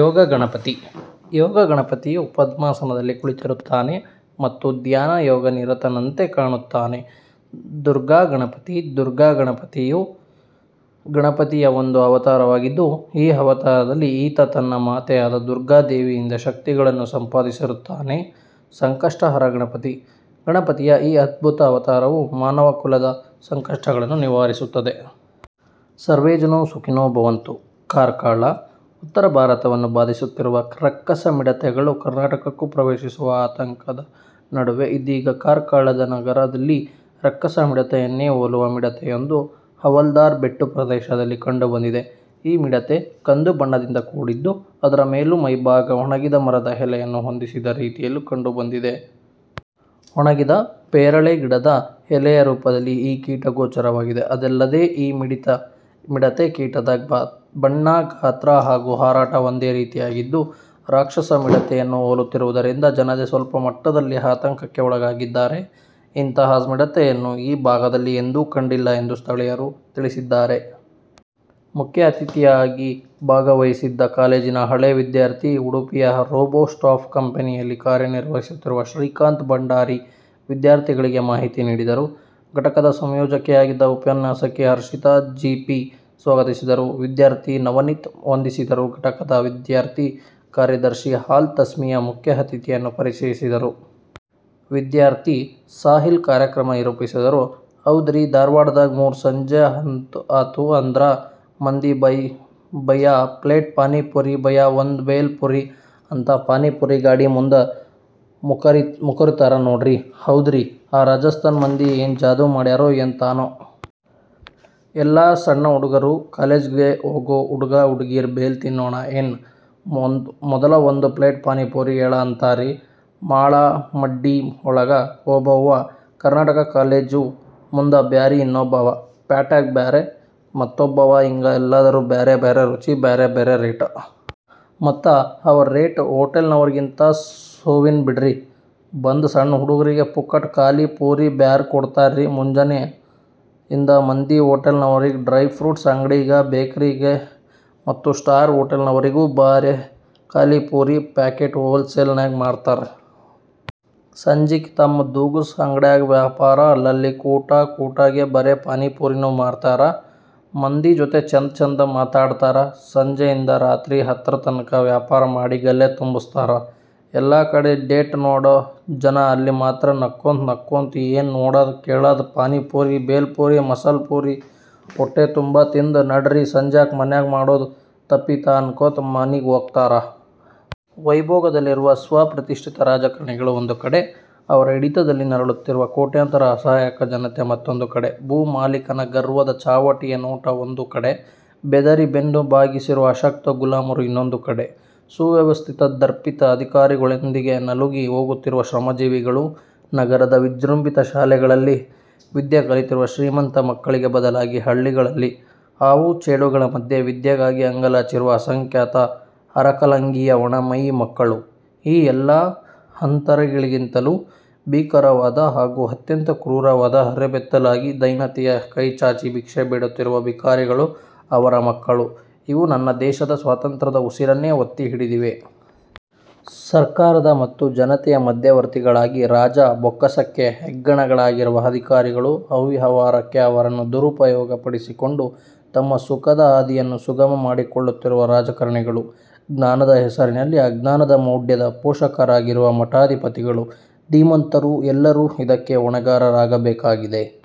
ಯೋಗ ಗಣಪತಿ: ಯೋಗ ಗಣಪತಿಯು ಪದ್ಮಾಸನದಲ್ಲಿ ಕುಳಿತಿರುತ್ತಾನೆ ಮತ್ತು ಧ್ಯಾನ ಯೋಗ ನಿರತನಂತೆ ಕಾಣುತ್ತಾನೆ. ದುರ್ಗಾ ಗಣಪತಿ: ದುರ್ಗಾ ಗಣಪತಿಯು ಗಣಪತಿಯ ಒಂದು ಅವತಾರವಾಗಿದ್ದು, ಈ ಅವತಾರದಲ್ಲಿ ಈತ ತನ್ನ ಮಾತೆಯಾದ ದುರ್ಗಾ ದೇವಿಯಿಂದ ಶಕ್ತಿಗಳನ್ನು ಸಂಪಾದಿಸಿರುತ್ತಾನೆ. ಸಂಕಷ್ಟ ಹರ ಗಣಪತಿ: ಗಣಪತಿಯ ಈ ಅದ್ಭುತ ಅವತಾರವು ಮಾನವ ಕುಲದ ಸಂಕಷ್ಟಗಳನ್ನು ನಿವಾರಿಸುತ್ತದೆ. ಸರ್ವೇ ಜನಃ ಸುಖಿನೋ ಭವಂತು. ಕಾರ್ಕಳ: ಉತ್ತರ ಭಾರತವನ್ನು ಬಾಧಿಸುತ್ತಿರುವ ರಕ್ಕಸ ಮಿಡತೆಗಳು ಕರ್ನಾಟಕಕ್ಕೂ ಪ್ರವೇಶಿಸುವ ಆತಂಕದ ನಡುವೆ ಇದೀಗ ಕಾರ್ಕಳದ ನಗರದಲ್ಲಿ ರಕ್ಕಸ ಮಿಡತೆಯನ್ನೇ ಹೊಲುವ ಮಿಡತೆಯೊಂದು ಹವಾಲ್ದಾರ್ ಬೆಟ್ಟು ಪ್ರದೇಶದಲ್ಲಿ ಕಂಡು ಬಂದಿದೆ. ಈ ಮಿಡತೆ ಕಂದು ಬಣ್ಣದಿಂದ ಕೂಡಿದ್ದು ಅದರ ಮೇಲು ಮೈಭಾಗ ಒಣಗಿದ ಮರದ ಎಲೆಯನ್ನು ಹೊದಿಸಿದ ರೀತಿಯಲ್ಲಿ ಕಂಡು ಬಂದಿದೆ. ಒಣಗಿದ ಪೇರಳೆ ಗಿಡದ ಎಲೆಯ ರೂಪದಲ್ಲಿ ಈ ಕೀಟ ಗೋಚರವಾಗಿದೆ. ಅದಲ್ಲದೆ ಈ ಮಿಡತೆ ಕೀಟದ ಬಣ್ಣ ಗಾತ್ರ ಹಾಗೂ ಹಾರಾಟ ಒಂದೇ ರೀತಿಯಾಗಿದ್ದು ರಕ್ಷಸ ಮಿಡತೆಯನ್ನು ಹೋಲುತ್ತಿರುವುದರಿಂದ ಜನತೆ ಸ್ವಲ್ಪ ಮಟ್ಟದಲ್ಲಿ ಅತಂಕಕ್ಕೆ ಒಳಗಾಗಿದ್ದಾರೆ. ಇಂತಹ ಮಿಡತೆಯನ್ನು ಈ ಭಾಗದಲ್ಲಿ ಎಂದೂ ಕಂಡಿಲ್ಲ ಎಂದು ಸ್ಥಳೀಯರು ತಿಳಿಸಿದ್ದಾರೆ. ಮುಖ್ಯ ಅತಿಥಿಯಾಗಿ ಭಾಗವಹಿಸಿದ್ದ ಕಾಲೇಜಿನ ಹಳೆ ವಿದ್ಯಾರ್ಥಿ, ಉಡುಪಿಯ ರೋಬೋಸಾಫ್ಟ್ ಕಂಪೆನಿಯಲ್ಲಿ ಕಾರ್ಯ ನಿರ್ವಹಿಸುತ್ತಿರುವ ಶ್ರೀಕಾಂತ್ ಭಂಡಾರಿ ವಿದ್ಯಾರ್ಥಿಗಳಿಗೆ ಮಾಹಿತಿ ನೀಡಿದರು. ಘಟಕದ ಸಂಯೋಜಕಿಯಾದ ಉಪನ್ಯಾಸಕಿ ಹರ್ಷಿತಾ ಜಿ. ಪಿ. ಸ್ವಾಗತಿಸಿದರು. ವಿದ್ಯಾರ್ಥಿ ನವನೀತ್ ವಂದಿಸಿದರು. ಘಟಕದ ವಿದ್ಯಾರ್ಥಿ ಕಾರ್ಯದರ್ಶಿ ಅಲ್-ತಸ್ಮೀಯ ಮುಖ್ಯ ಅತಿಥಿಯನ್ನು ಪರಿಚಯಿಸಿದರು. ವಿದ್ಯಾರ್ಥಿ ಸಾಹಿಲ್ ಕಾರ್ಯಕ್ರಮ ನಿರೂಪಿಸಿದರು. ಹೌದ್ರೀ, ಧಾರವಾಡದಾಗ ಮೂರು ಸಂಜೆ ಆತು ಅಂದ್ರ ಮಂದಿ ಭಯ್ಯಾ ಪ್ಲೇಟ್ ಪಾನಿಪುರಿ. ಭಯ್ಯಾ ಒಂದು ಭೇಲ್ ಪುರಿ ಅಂತ ಪಾನಿಪುರಿ ಗಾಡಿ ಮುಂದ ಮುಕರಿರತಾರ ನೋಡ್ರಿ. ಹೌದ್ರೀ, ಆ ರಾಜಸ್ತಾನ ಮಂದಿ ಏನ ಜಾದೂ ಮಾಡ್ಯಾರೊ ಏನ ತಾನೋ. ಎಲ್ಲಾ ಸಣ್ಣ ಹುಡುಗರು ಕಾಲೇಜಗೆ ಹೋಗೂ ಹುಡುಗ ಹುಡುಗೀರೂ ಭೇಲ್ ತಿನ್ನೋಣ ಏನ್, ಮೊದಲ ಒಂದ ಪ್ಲೇಟ್ ಪಾನಿಪುರಿ ಹೇಳ ಅಂತಾರ್ರಿ. ಮಾಳಮಡ್ಡಿ ಒಳಗ ಒಬ್ಬವ, ಕರ್ನಾಟಕ ಕಾಲೇಜು ಮುಂದ ಬ್ಯಾರೆ ಇನ್ನೊಬ್ಬವ. ಪ್ಯಾಟ್ಯಾಗ ಬ್ಯಾರೆ ಮತ್ತೊಬ್ಬವ ಹಿಂಗ ಎಲ್ಲಾದರೂ ಬ್ಯಾರೆ ಬ್ಯಾರೆ ರುಚಿ, ಬ್ಯಾರೇ ಬ್ಯಾರೇ ರೇಟ. ಮತ್ತ ಅವರ ರೇಟ ಹೊಟೇಲನವರಿಗಿಂತ ಸೋವಿನ ಬಿಡ್ರಿ. ಬಂದ ಸಣ್ಣ ಹುಡುಗರಿಗೆ ಪುಕ್ಕಟ ಖಾಲಿ ಪುರಿ ಬ್ಯಾರೆ ಕೊಡತಾರ್ರಿ. ಮುಂಜಾನೆ ಇದ ಮಂದಿ ಹೊಟೇಲ್ ನವರಿಗೆ, ಡ್ರಯ್ ಫ್ರುಟ್ಸ್ ಅಂಗಡಿಗೆ, ಬೇಕರಿಗೆ ಮತ್ತ ಸ್ಟಾರ್ ಹೋಟೆಲ್ನನವರಿಗೂ ಬರೇ ಖಾಲಿಪುರಿ ಪ್ಯಾಕೆಟ್ ಹೋಲ್ ಸೇಲ್ ನ್ಯಾಗ ಮಾರತಾರ. ಸಂಜಿಕ ತಮ್ಮ ದೂಗಸು ಅಂಗಡ್ಯಾಗ ವ್ಯಾಪಾರ. ಅಲ್ಲಲ್ಲಿ ಕೂಟ ಕೂಟಗೆ ಬರೇ ಪಾನೀಪುರಿನೂ ಮಾರತಾರ. ಮಂದಿ ಜೊತೆ ಚೆಂದ ಚೆಂದ ಮಾತ ಆಡತಾರ. ಸಂಜೆಯಿಂದ ರಾತ್ರಿ ಹತ್ತರತನಕ ವ್ಯಾಪಾರ ಮಾಡಿ ಗಲ್ಲೆ ತುಂಬಸ್ತಾರ ಎಲ್ಲಾ ಕಡೆ ಡೇಟ್ ನೋಡೊ ಜನ ಅಲ್ಲಿ ಮಾತ್ರ ನಕ್ಕೊತ ನಕ್ಕೊತ ಏನೂ ನೋಡದ ಕೇಳದ ಪಾನಿಪುರಿ ಬೇಲ್ ಪುರಿ, ಮಸಾಲಾ ಪುರಿ, ಹೊಟ್ಟೆ ತುಂಬ ತಿಂದ ನಡ್ರೀ ಸಂಜೆಕ್ಕ ಮನ್ಯಾಗ ಮಾಡೂದ ತಪ್ಪಿತ ಅನ್ನಕೋತ ಮನಿಗೆ ಹೋಗತಾರ. ವೈಭೋಗದಲ್ಲಿರುವ ಸ್ವಪ್ರತಿಷ್ಟಿತ ರಾಜಕಾರಣಿಗಳು ಒಂದು ಕಡೆ, ಅವರ ಹಿಡಿತದಲ್ಲಿ ನರಳುತ್ತಿರುವ ಕೋಟ್ಯಾಂತರ ಅಸಹಾಯಕ ಜನತೆ ಮತ್ತೊಂದು ಕಡೆ; ಭೂಮಾಲೀಕನ ಗರ್ವದ ಚಾವಟಿಯ ನೋಟ ಒಂದು ಕಡೆ; ಬೆದರಿ ಬೆನ್ನು ಬಾಗಿಸಿರುವ ಅಶಕ್ತ ಗುಲಾಮರು ಇನ್ನೊಂದು ಕಡೆ; ಸುವ್ಯವಸ್ಥಿತ ದರ್ಪಿಷ್ಟ ಆಧಿಕಾರಿಗಳೊಂದಿಗೆ ನಲುಗಿ ಹೋಗುತ್ತಿರುವ ಶ್ರಮಜೀವಿಗಳು; ನಗರದ ವಿಜೃಂಭಿತ ಶಾಲೆಗಳಲ್ಲಿ ವಿದ್ಯೆ ಕಲಿಯುತ್ತಿರುವ ಶ್ರೀಮಂತ ಮಕ್ಕಳಿಗೆ ಬದಲಾಗಿ ಹಳ್ಳಿಗಳಲ್ಲಿ ಹಾವು ಚೇಳುಗಳ ಮಧ್ಯೆ ವಿದ್ಯೆಗಾಗಿ ಆಂಗಲಾಚಿರುವ ಆಸಂಖ್ಯಾತ ಹರಕಲಂಗಿಯ ಒಣ ಮೈಯ ಮಕ್ಕಳು; ಈ ಎಲ್ಲ ಅಂತರಗಳಿಗಿಂತಲೂ ಭೀಕರವಾದ ಹಾಗೂ ಅತ್ಯಂತ ಕ್ರೂರವಾದ, ಅರೆಬೆತ್ತಲಾಗಿ ದೈನ್ಯತೆಯ ಕೈಚಾಚಿ ಭಿಕ್ಷೆ ಬೇಡುತ್ತಿರುವ ಭಿಕಾರಿಗಳು, ಅವರ ಮಕ್ಕಳು; ಇವು ನನ್ನದೇಶದ ಸ್ವಾತಂತ್ರ್ಯದ ಉಸಿರನ್ನೇ ಒತ್ತಿ ಹಿಡಿದಿವೆ. ಸರ್ಕಾರದ ಮತ್ತು ಜನತೆಯ ಮಧ್ಯವರ್ತಿಗಳಾಗಿ ರಾಜ ಬೊಕ್ಕಸಕ್ಕೆ ಹೆಗ್ಗಣಗಳಾಗಿರುವ ಅಧಿಕಾರಿಗಳು, ಅವ್ಯವಹಾರಕ್ಕೆ ಅವರನ್ನು ದುರುಪಯೋಗ ಪಡಿಸಿಕೊಂಡು ತಮ್ಮ ಸುಖದ ಹಾದಿಯನ್ನು ಸುಗಮ ಮಾಡಿಕೊಳ್ಳುತ್ತಿರುವ ರಾಜಕಾರಣಿಗಳು, ಜ್ಞಾನದ ಹೆಸರಿನಲ್ಲಿ ಅಜ್ಞಾನದ ಮೌಢ್ಯದ ಪೋಷಕರಾಗಿರುವ ಮಠಾಧಿಪತಿಗಳು, ಧೀಮಂತರು ಎಲ್ಲರೂ ಇದಕ್ಕೆ ಹೊಣೆಗಾರರಾಗಬೇಕಾಗಿದೆ.